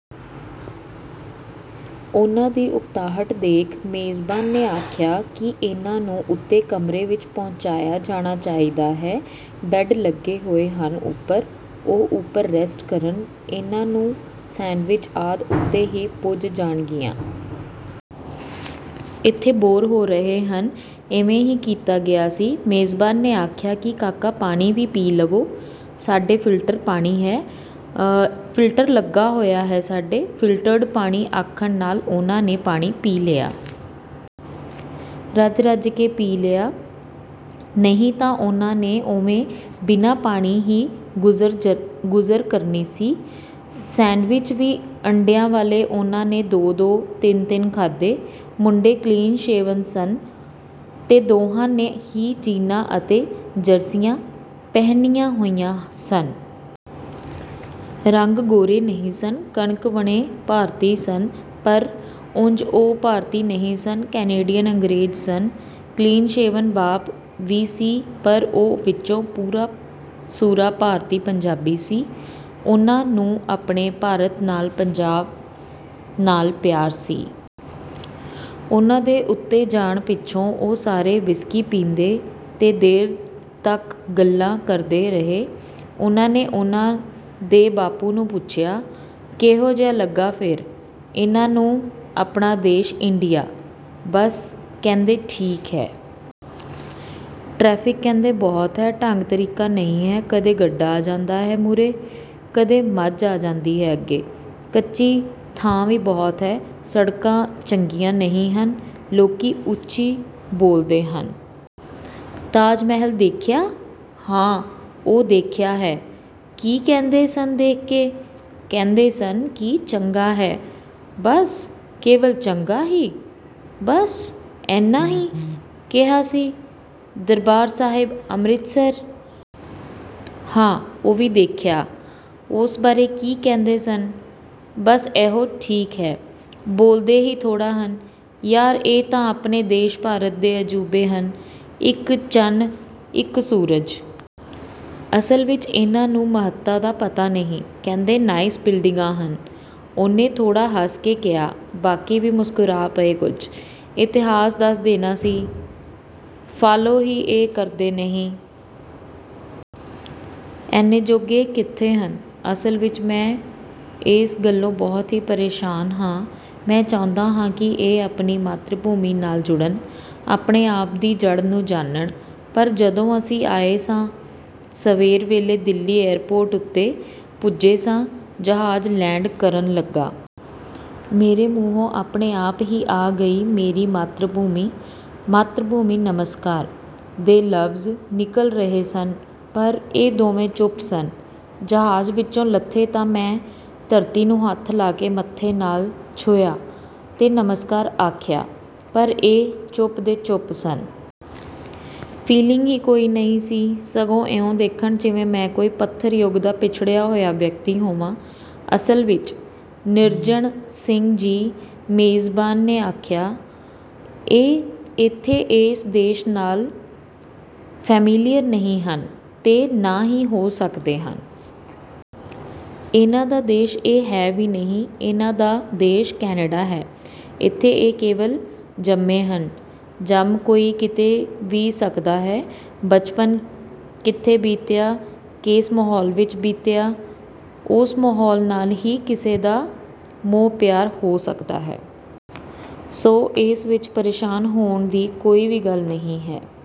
ਉਹਨਾਂ ਦੀ ਉਕਤਾਹਟ ਦੇਖ, ਮੇਜ਼ਬਾਨ ਨੇ ਆਖਿਆ ਕਿ ਇਹਨਾਂ ਨੂੰ ਉਤੇ ਕਮਰੇ ਵਿਚ ਪਹੁੰਚਾਇਆ ਜਾਣਾ ਚਾਹੀਦਾ ਹੈ। ਬੈਡ ਲੱਗੇ ਹੋਏ ਹਨ ਉਪਰ। ਉਹ ਉਪਰ ਰੈਸਟ ਕਰਨ। ਇਹਨਾਂ ਨੂੰ ਸ਼ੈਂਡਵਿੱਚ ਆਦਿ ਉਤੇ ਹੀ ਪੁੱਜ ਜਾਣਗੀਆਂ। ਏਥੇ ਬੋਰ ਹੋ ਰਹੇ ਹਨ। ਇਵੇਂ ਹੀ ਕੀਤਾ ਗਿਆ ਸੀ। ਮੇਜ਼ਬਾਨ ਨੇ ਆਖਿਆ ਕਿ ਕਾਕਾ ਪਾਣੀ ਵੀ ਪੀ ਲਵੋ। ਸਾਡੇ ਫਿਲਟਰਡ ਪਾਣੀ ਹੈ। ਫਿਲਟਰ ਲੱਗਾ ਹੋਇਆ ਹੈ ਸਾਡੇ। ਫਿਲਟਰਡ ਪਾਣੀ ਆਖਣ ਨਾਲ ਉਹਨਾਂ ਨੇ ਪਾਣੀ ਪੀ ਲਿਆ। ਰੱਜ ਰੱਜ ਕੇ ਪੀ ਲਿਆ। ਨਹੀਂ ਤਾਂ ਉਹਨਾਂ ਨੇ ਉਵੇਂ ਬਿਨਾਂ ਪਾਣੀ ਹੀ ਗੁਜ਼ਰ ਕਰਨੀ ਸੀ। ਸੈਂਡਵਿਚ ਵੀ ਅੰਡਿਆਂ ਵਾਲੇ ਉਹਨਾਂ ਨੇ ਦੋ-ਦੋ, ਤਿੰਨ-ਤਿੰਨ ਖਾਧੇ। ਮੁੰਡੇ ਕਲੀਨ ਸ਼ੇਵਨ ਸਨ ਤੇ ਦੋਹਾਂ ਨੇ ਹੀ ਜੀਨਾਂ ਅਤੇ ਜਰਸੀਆਂ ਪਹਿਨੀਆਂ ਹੋਈਆਂ ਸਨ। ਰੰਗ ਗੋਰੇ ਨਹੀਂ ਸਨ। ਕਣਕਵੰਨੇ ਭਾਰਤੀ ਸਨ ਪਰ ਉਂਝ ਉਹ ਭਾਰਤੀ ਨਹੀਂ ਸਨ। ਕੈਨੇਡੀਅਨ ਅੰਗਰੇਜ਼ ਸਨ। ਕਲੀਨ ਸ਼ੇਵਨ ਬਾਪ ਵੀ ਸੀ ਪਰ ਉਹ ਵਿਚੋਂ ਪੂਰਾ-ਸੂਰਾ ਭਾਰਤੀ ਪੰਜਾਬੀ ਸੀ। ਉਹਨੂੰ ਆਪਣੇ ਭਾਰਤ ਨਾਲ, ਪੰਜਾਬ ਨਾਲ ਪਿਆਰ ਸੀ। ਉਹਨਾਂ ਦੇ ਉਤੇ ਜਾਣ ਪਿਛੋਂ ਉਹ ਸਾਰੇ ਵਿਸਕੀ ਪੀਂਦੇ ਤੇ ਦੇਰ ਤੱਕ ਗੱਲਾਂ ਕਰਦੇ ਰਹੇ। ਉਹਨਾਂ ਨੇ ਉਹਨਾਂ ਦੇ ਬਾਪ ਨੂੰ ਪੁੱਛਿਆ। "ਕਿਹੋ ਜਿਹਾ ਲੱਗਾ ਫੇਰ। ਇਹਨਾਂ ਨੂੰ ਆਪਣਾ ਦੇਸ਼, ਇੰਡੀਆ? " 'ਬਸ, ਕਹਿੰਦੇ ਠੀਕ ਹੈ। ਟਰੈਫਿਕ ਕਹਿੰਦੇ ਬਹੁਤ ਹੈ। ਢੰਗ ਤਰੀਕਾ ਨਹੀਂ ਹੈ। ਕਦੇ ਗੱਡਾ ਆ ਜਾਂਦਾ ਹੈ, ਮੂਹਰੇ, ਕਦੇ ਮੱਝ ਆ ਜਾਂਦੀ ਹੈ ਅੱਗੇ। ਕੱਚੀ ਥਾਂ ਵੀ ਬਹੁਤ ਹੈ। ਸੜਕਾਂ ਚੰਗੀਆਂ ਨਹੀਂ ਹਨ। ਲੋਕੀਂ ਉਚੀ ਬੋਲਦੇ ਹਨ। "ਤਾਜ਼ ਮਹਲ ਦੇਖਿਆ? "ਹਾਂ, ਉਹ ਦਿਖਾਇਆ ਹੈ। " "ਕੀ ਕਹਿੰਦੇ ਸਨ ਦੇਖ ਕੇ? " "ਕਹਿੰਦੇ ਸਨ ਕਿ ਚੰਗਾ ਹੈ। " "ਬੱਸ, ਕੇਵਲ ਚੰਗਾ ਹੀ? " "ਬੱਸ, ਏਨਾ ਹੀ ਕਿਹਾ ਸੀ? " "ਦਰਬਾਰ ਸਾਹਿਬ ਅੰਮ੍ਰਿਤਸਰ? " "ਹਾਂ, ਉਹ ਵੀ ਦੇਖਿਆ। " 'ਉਸ ਬਾਰੇ ਕੀ ਕਹਿੰਦੇ ਸਨ? " "ਬੱਸ, ਇਹੋ ਠੀਕ ਹੈ। ਬੋਲਦੇ ਹੀ ਥੋੜ੍ਹਾ ਹਨ। " "ਯਾਰ ਇਹ ਤਾਂ ਆਪਣੇ ਦੇਸ਼ ਭਾਰਤ ਦੇ ਅਜੂਬੇ ਹਨ। ਇਕ ਚੰਨ, ਇਕ ਸੂਰਜ। " "ਅਸਲ ਵਿਚ ਇਹਨਾਂ ਨੂੰ ਮਹੱਤਤਾ ਦਾ ਪਤਾ ਨਹੀਂ। ਕਹਿੰਦੇ ਨਾਈਸ ਬਿਲਡਿੰਗਾਂ ਹਨ। " ਉਹਨੇ ਥੋੜ੍ਹਾ ਹੱਸ ਕੇ ਕਿਹਾ। ਬਾਕੀ ਵੀ ਮੁਸਕਾ ਪਏ ਕੁਝ। "ਇਤਿਹਾਸ ਦੱਸ ਦੇਣਾ ਸੀ? " "ਫਾਲੋ ਹੀ ਇਹ ਕਰਦੇ ਨਹੀਂ। ਏਨੇ ਜੋਗੇ ਇਹ ਕਿੱਥੇ ਹਨ। ਅਸਲ ਵਿਚ ਮੈਂ ਇਸ ਗੱਲੋਂ ਬਹੁਤ ਹੀ ਪ੍ਰੇਸ਼ਾਨ ਹਾਂ। ਮੈਂ ਚਾਹੁੰਦਾ ਹਾਂ ਕਿ ਇਹ ਆਪਣੀ ਮਾਤ੍ਰੀ ਭੂਮੀ ਨਾਲ ਜੁੜਨ। ਆਪਣੇ-ਆਪ ਦੀ ਜੜ੍ਹ ਨੂੰ ਜਾਨਣ। ਪਰ… ਜਦੋਂ ਅਸੀਂ ਆਏ ਸਾਂ, ਸਵੇਰ ਵੇਲੇ ਦਿੱਲੀ ਏਅਰਪੋਰਟ ਉਤੇ ਪੁੱਜੇ ਸਾਂ, ਜਹਾਜ ਲੈਂਡ ਕਰਨ ਲੱਗਾ। ਮੇਰੇ ਮੂੰਹੋਂ ਆਪਣੇ ਆਪ ਹੀ ਆ ਗਈ ਮੇਰੀ ਮਾਤ੍ਰੀ-ਭੂਮੀ, ਮਾਤ੍ਰੀ ਭੂਮੀ ਨਮਸਕਾਰ' ਦੇ ਲਫਜ਼ ਨਿਕਲ ਰਹੇ ਸਨ ਪਰ ਇਹ ਦੋਵੇਂ ਚੁੱਪ ਸਨ। ਜਹਾਜ ਵਿਚੋਂ ਲੱਥੇ ਤਾਂ ਮੈਂ ਧਰਤੀ ਨੂੰ ਹੱਥ ਲਾ ਕੇ ਮੱਥੇ ਨਾਲ ਛੁਹਾਇਆ ਤੇ ਨਮਸਕਾਰ ਆਖਿਆ ਪਰ ਇਹ ਚੁੱਪ ਦੇ ਚੁੱਪ ਸਨ। ਫੀਲਿੰਗ ਹੀ ਕੋਈ ਨਹੀਂ ਸੀ। ਸਗੋਂ ਇਉਂ ਦੇਖਣ ਜਿਵੇਂ ਮੈਂ ਕੋਈ ਪੱਥਰ-ਯੁੱਗ ਦਾ ਪਛੜਿਆ ਹੋਇਆ ਵਿਅਕਤੀ ਹੋਵਾਂ। " "ਅਸਲ ਵਿਚ, ਨਿਰੰਜਣ ਸਿੰਘ ਜੀ", ਮੇਜ਼ਬਾਨ ਨੇ ਆਖਿਆ, "ਇਹ ਏਥੇ ਇਸ ਦੇਸ਼ ਨਾਲ ਫ਼ੈਮੀਲੀਅਰ ਨਹੀਂ ਹਨ ਤੇ ਨਾ ਹੀ ਹੋ ਸਕਦੇ ਹਨ। ਇਹਨਾਂ ਦਾ ਦੇਸ਼ ਇਹ ਹੈ ਵੀ ਨਹੀਂ। ਇਹਨਾਂ ਦਾ ਦੇਸ਼ ਕੈਨੇਡਾ ਹੈ। ਏਥੇ ਇਹ ਕੇਵਲ ਜੰਮੇ ਹਨ। ਜੰਮ ਕੋਈ ਕਿਤੇ ਵੀ ਸਕਦਾ ਹੈ। ਬਚਪਨ ਕਿਥੇ ਬੀਤਿਆ, ਕਿਸ ਮਾਹੌਲ ਵਿਚ ਬੀਤਿਆ, ਉਸ ਮਾਹੌਲ ਨਾਲ ਹੀ ਕਿਸੇ ਦਾ ਮੋਹ-ਪਿਆਰ ਹੋ ਸਕਦਾ ਹੈ। ਸੋ, ਇਸ ਵਿਚ ਪ੍ਰੇਸ਼ਾਨ ਹੋਣ ਦੀ ਕੋਈ ਵੀ ਗੱਲ ਨਹੀਂ ਹੈ।